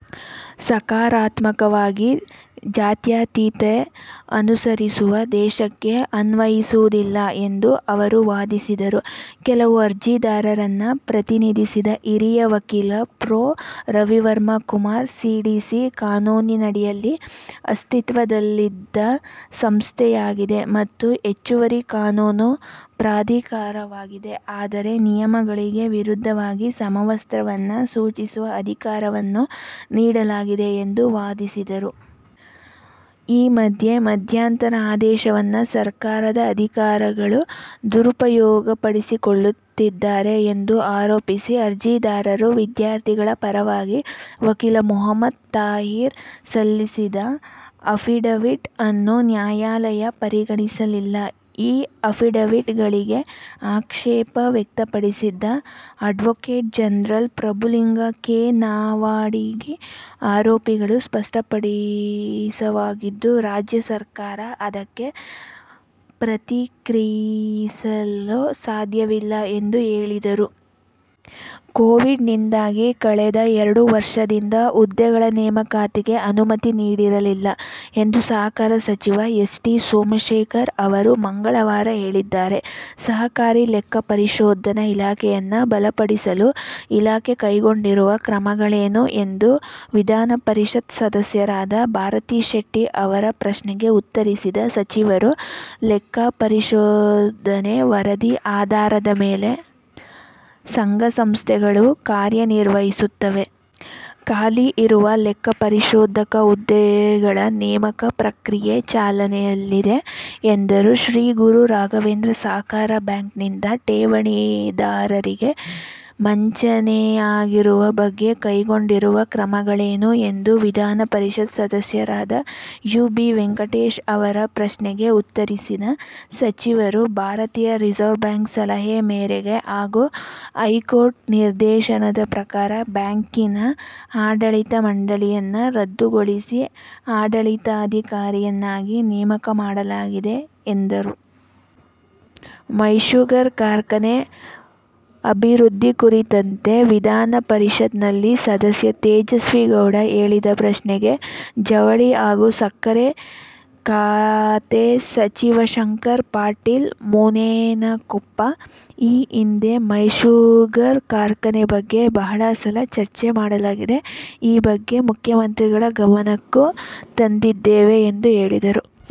ಸಕಾರಾತ್ಮಕವಾಗಿ ಜಾತ್ಯತೀತತೆ ಅನುಸರಿಸುವ ದೇಶಕ್ಕೆ ಅನ್ವಯಿಸುವುದಿಲ್ಲ ಎಂದು ಅವರು ವಾದಿಸಿದರು. ಕೆಲವು ಅರ್ಜಿದಾರರನ್ನು ಪ್ರತಿನಿಧಿಸಿದ ಹಿರಿಯ ವಕೀಲ ಪ್ರೊ. ರವಿವರ್ಮ ಕುಮಾರ್, ಸಿಡಿಸಿ ಕಾನೂನಿನಡಿಯಲ್ಲಿ ಅಸ್ತಿತ್ವದಲ್ಲಿಲ್ಲದ ಸಂಸ್ಥೆಯಾಗಿದೆ ಮತ್ತು ಹೆಚ್ಚುವರಿ ಕಾನೂನು ಪ್ರಾಧಿಕಾರವಾಗಿದೆ ಆದರೆ ನಿಯಮಗಳಿಗೆ ವಿರುದ್ಧವಾಗಿ ಸಮವಸ್ತ್ರವನ್ನು ಸೂಚಿಸುವ ಅಧಿಕಾರವನ್ನು ನೀಡಲಾಗಿದೆ ಎಂದು ವಾದಿಸಿದರು. ಈ ಮಧ್ಯೆ ಮಧ್ಯಂತರ ಆದೇಶವನ್ನು ಸರ್ಕಾರದ ಅಧಿಕಾರಿಗಳು ದುರುಪಯೋಗಪಡಿಸಿಕೊಳ್ಳುತ್ತಿದ್ದಾರೆ ಎಂದು ಆರೋಪಿಸಿ ಅರ್ಜಿದಾರರು-ವಿದ್ಯಾರ್ಥಿಗಳ ಪರವಾಗಿ ವಕೀಲ ಮೊಹಮ್ಮದ್ ತಾಹಿರ್ ಸಲ್ಲಿಸಿದ ಅಫಿಡವಿಟ್ ಅನ್ನು ನ್ಯಾಯಾಲಯ ಪರಿಗಣಿಸಲಿಲ್ಲ. ಈ ಅಫಿಡವಿಟ್ ಗಳಿಗೆ ಆಕ್ಷೇಪ ವ್ಯಕ್ತಪಡಿಸಿದ advocate general Prabhulinga K Navadagi ಆರೋಪಗಳು ಅಸ್ಪಷ್ಟವಾಗಿದ್ದು, ರಾಜ್ಯ ಸರ್ಕಾರ ಅದಕ್ಕೆ ಪ್ರತಿಕ್ರಿಯಿಸಲು ಸಾಧ್ಯವಿಲ್ಲ ಎಂದು ಹೇಳಿದರು. ಕೋವಿಡ್ ನಿಂದಾಗಿ ಕಳೆದ ಎರಡು ವರ್ಷದಿಂದ ಹುದ್ದೆಗಳ ನೇಮಕಾತಿಗೆ ಅನುಮತಿ ನೀಡಿರಲಿಲ್ಲ ಎಂದು ಸಹಕಾರ ಸಚಿವ ಎಸ್. ಟಿ. ಸೋಮಶೇಖರ್ ಅವರು ಮಂಗಳವಾರ ಹೇಳಿದ್ದಾರೆ. ಸಹಕಾರಿ ಲೆಕ್ಕಪರಿಶೋಧನಾ ಇಲಾಖೆಯನ್ನು ಬಲಪಡಿಸಲು ಇಲಾಖೆ ಕೈಗೊಂಡಿರುವ ಕ್ರಮಗಳೇನು ಎಂದು ವಿಧಾನಪರಿಷತ್ ಸದಸ್ಯರಾದ ಭಾರತಿ ಶೆಟ್ಟಿ ಅವರ ಪ್ರಶ್ನೆಗೆ ಉತ್ತರಿಸಿದ ಸಚಿವರು, ಲೆಕ್ಕ ಪರಿಶೋಧನೆ ವರದಿ ಆಧಾರದ ಮೇಲೆ ಸಂಘ ಸಂಸ್ಥೆಗಳು ಕಾರ್ಯ ನಿರ್ವಹಿಸುತ್ತವೆ. ಖಾಲಿ ಇರುವ ಲೆಕ್ಕ ಪರಿಶೋಧಕರ ಹುದ್ದೆಗಳ ನೇಮಕ ಪ್ರಕ್ರಿಯೆ ಚಾಲನೆಯಲ್ಲಿದೆ ಎಂದರು. ಶ್ರೀಗುರು ರಾಘವೇಂದ್ರ ಸಹಕಾರ ಬ್ಯಾಂಕ್ ನಿಂದ ಠೇವಣಿದಾರರಿಗೆ ವಂಚನೆಯಾಗಿರುವ ಬಗ್ಗೆ ಕೈಗೊಂಡಿರುವ ಕ್ರಮಗಳೇನು ಎಂದು ವಿಧಾನಪರಿಷತ್ ಸದಸ್ಯರಾದ ಯು. ಬಿ. ವೆಂಕಟೇಶ್ ಅವರ ಪ್ರಶ್ನೆಗೆ ಉತ್ತರಿಸಿದ ಸಚಿವರು, ಭಾರತೀಯ ರಿಸರ್ವ್ ಬ್ಯಾಂಕ್ ಸಲಹೆ ಮೇರೆಗೆ ಹಾಗೂ ಹೈಕೋರ್ಟ್ ನಿರ್ದೇಶನದ ಪ್ರಕಾರ ಬ್ಯಾಂಕಿನ ಆಡಳಿತ ಮಂಡಳಿಯನ್ನು ರದ್ದುಗೊಳಿಸಿ ಆಡಳಿತಾಧಿಕಾರಿಯನ್ನಾಗಿ ನೇಮಕ ಮಾಡಲಾಗಿದೆ ಎಂದರು. ಮೈಷುಗರ್ ಕಾರ್ಖಾನೆ ಅಭಿವೃದ್ಧಿ ಕುರಿತಂತೆ ವಿಧಾನಪರಿಷತ್ ನಲ್ಲಿ ಸದಸ್ಯೆ ತೇಜಸ್ವಿನಿ ಗೌಡ ಕೇಳಿದ ಪ್ರಶ್ನೆಗೆ ಜವಳಿ ಹಾಗೂ ಸಕ್ಕರೆ ಖಾತೆ ಸಚಿವ ಶಂಕರ್ ಪಾಟೀಲ್ ಮುನೇನಕೊಪ್ಪ, ಈ ಹಿಂದೆ ಮೈಷುಗರ್ ಕಾರ್ಖಾನೆ ಬಗ್ಗೆ ಬಹಳ ಸಲ ಚರ್ಚೆ ಮಾಡಲಾಗಿದೆ. ಈ ಬಗ್ಗೆ ಮುಖ್ಯಮಂತ್ರಿಗಳ ಗಮನಕ್ಕೂ ತಂದಿದ್ದೇವೆ ಎಂದು ಹೇಳಿದರು.